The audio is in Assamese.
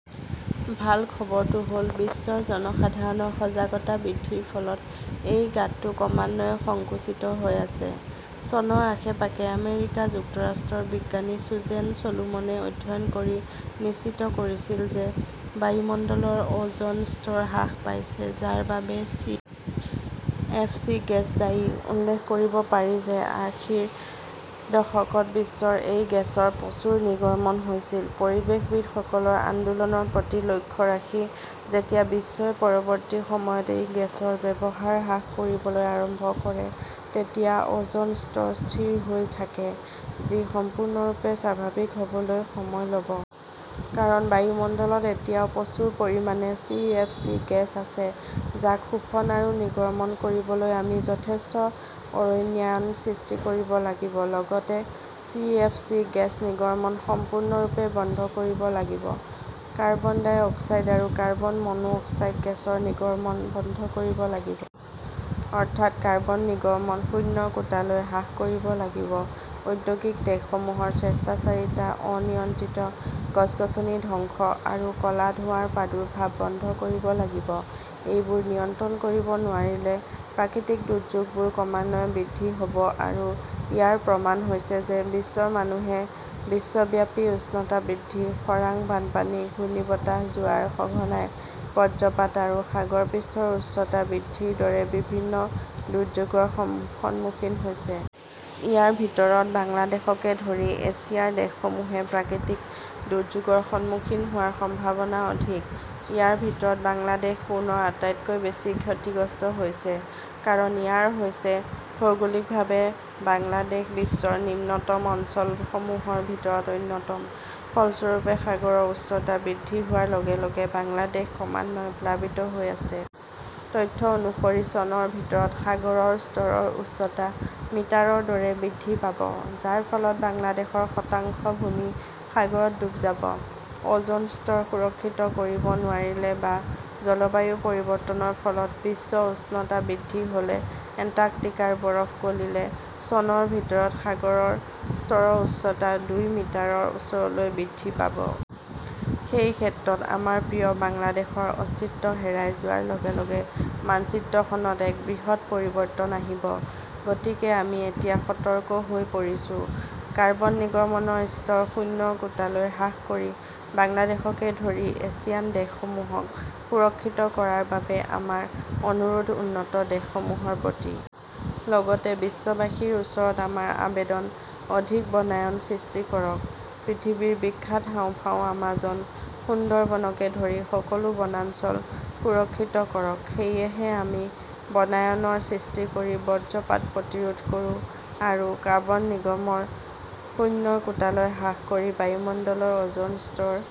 ভাল খবৰটো হ 'ল, বিশ্বৰ জনসাধাৰণৰ সজাগতা বৃদ্ধিৰ ফলত সেই গাঁতটো ক্ৰমান্বয়ে সংকুচিত হৈ আছে। চনৰ আশে-পাশে আমেৰিকা যুক্তৰাষ্ট্ৰৰ বিজ্ঞানী চুজেন চলোমনে অধ্যয়ন কৰি নিশ্চিত কৰিছিল যে বায়ুমণ্ডলৰ অ "জন স্তৰ হ্ৰাস পাইছে, যাৰ বাবে চি. এফ. চি. গেছ দায়ী। উল্লেখ কৰিব পাৰি যে আশীৰ দশকত বিশ্বত এই গেছৰ প্ৰচুৰ নিৰ্গমন হৈছিল। পৰিৱেশবিদসকলৰ আন্দোলনৰ প্ৰতি লক্ষ্য ৰাখি যেতিয়া বিশ্বই পৰৱৰ্তী সময়ত এই গেছৰ ব্যৱহাৰ হ্ৰাস কৰিবলৈ আৰম্ভ কৰে তেতিয়া অ "জন স্তৰ স্থিৰ হৈ থাকে, যি সম্পূৰ্ণৰূপে স্বাভাৱিক হ" বলৈ সময় ল "ব। কাৰণ বায়ুমণ্ডলত এতিয়াও প্ৰচুৰ পৰিমাণে চি. এফ. চি. গেছ আছে, যাক শোষণ আৰু নিৰ্গমন কৰিবলৈ আমি যথেষ্ট অৰণ্যায়ন সৃষ্টি কৰিব লাগিব। লগতে, চি. এফ. চি. গেছ নিৰ্গমন সম্পূৰ্ণৰূপে বন্ধ কৰিব লাগিব। কাৰ্বন ডাই অক্সাইড আৰু কাৰ্বন মনোক্সাইড গেছৰ নিৰ্গমন বন্ধ কৰিব লাগিব। অৰ্থাৎ, কাৰ্বন নিৰ্গমন শূন্যৰ কোটালৈ হ্ৰাস কৰিব লাগিব। ঔদ্যোগিক দেশসমূহৰ স্বেচ্ছাচাৰিতা, অনিয়ন্ত্ৰিত গছ-গছনি ধ্বংস আৰু ক 'লা ধোঁৱাৰ প্ৰাদুৰ্ভাৱ বন্ধ কৰিব লাগিব। এইবোৰ নিয়ন্ত্ৰণ কৰিব নোৱাৰিলে, প্ৰাকৃতিক দুৰ্যোগবোৰ ক্ৰমান্বয়ে বৃদ্ধি হ 'ব; আৰু ইয়াৰ প্ৰমাণ হৈছে যে বিশ্বৰ মানুহে বিশ্বব্যাপী উষ্ণতা বৃদ্ধি, খৰাং, বানপানী, ঘূৰ্ণীবতাহ, জোৱাৰ, সঘনাই বজ্ৰপাত আৰু সাগৰ পৃষ্ঠৰ উচ্চতা বৃদ্ধিৰ দৰে বিভিন্ন দুৰ্যোগৰ সন্মুখীন হৈছে। ইয়াৰ ভিতৰত বাংলাদেশকে ধৰি এছিয়াৰ দেশসমূহে প্ৰাকৃতিক দুৰ্যোগৰ সন্মুখীন হোৱাৰ সম্ভাৱনা অধিক। ইয়াৰ ভিতৰত বাংলাদেশ পুনৰ আটাইতকৈ বেছি ক্ষতিগ্ৰস্ত হৈছে। ইয়াৰ কাৰণ হৈছে ভৌগোলিকভাৱে বাংলাদেশ বিশ্বৰ নিম্নতম অঞ্চলসমূহৰ ভিতৰত অন্যতম। ফলস্বৰূপে, সাগৰৰ উচ্চতা বৃদ্ধি হোৱাৰ লগে লগে বাংলাদেশ ক্ৰমান্বয়ে প্লাবিত হৈ আছে। তথ্য অনুসৰি, চনৰ ভিতৰত সাগৰৰ স্তৰৰ উচ্চতা মিটাৰৰ দৰে বৃদ্ধি পাব, যাৰ ফলত বাংলাদেশৰ শতাংশ ভূমি সাগৰত ডুব যাব। অ "জনৰ স্তৰ সুৰক্ষিত কৰিব নোৱাৰিলে বা জলবায়ু পৰিৱৰ্তনৰ ফলত বিশ্ব উষ্ণতা বৃদ্ধি হ" লে এণ্টাৰ্কটিকাৰ বৰফ গলিলে চনৰ ভিতৰত সাগৰৰ স্তৰৰ উচ্চতা দুই মিটাৰৰ ওচৰলৈ বৃদ্ধি পাব। সেই ক্ষেত্ৰত আমাৰ প্ৰিয় বাংলাদেশৰ অস্তিত্ব হেৰাই যোৱাৰ লগে লগে মানচিত্ৰখনত এক বৃহৎ পৰিৱৰ্তন আহিব। গতিকে আমি এতিয়া সতৰ্ক হৈ পৰিছো। কাৰ্বন নিৰ্গমনৰ স্তৰ শূন্যৰ কোটালৈ হ্ৰাস কৰি বাংলাদেশকে ধৰি এছিয়ান দেশসমূহক সুৰক্ষিত কৰাৰ বাবে আমাৰ অনুৰোধ উন্নত দেশসমূহৰ প্ৰতি। লগতে বিশ্ববাসীৰ ওচৰত আমাৰ আবেদন, অধিক বনায়ন সৃষ্টি কৰক। পৃথিৱীৰ বিখ্যাত হাঁওফাঁও আমাজন, সুন্দৰবনকে ধৰি সকলো বনাঞ্চল সুৰক্ষিত কৰক। সেয়েহে আমি বনায়নৰ সৃষ্টি কৰি বজ্ৰপাত প্ৰতিৰোধ কৰোঁ আৰু কাৰ্বন নিৰ্গমন শূন্যৰ কোটালৈ হ্ৰাস কৰি বায়ুমণ্ডলৰ অ "জন স্তৰ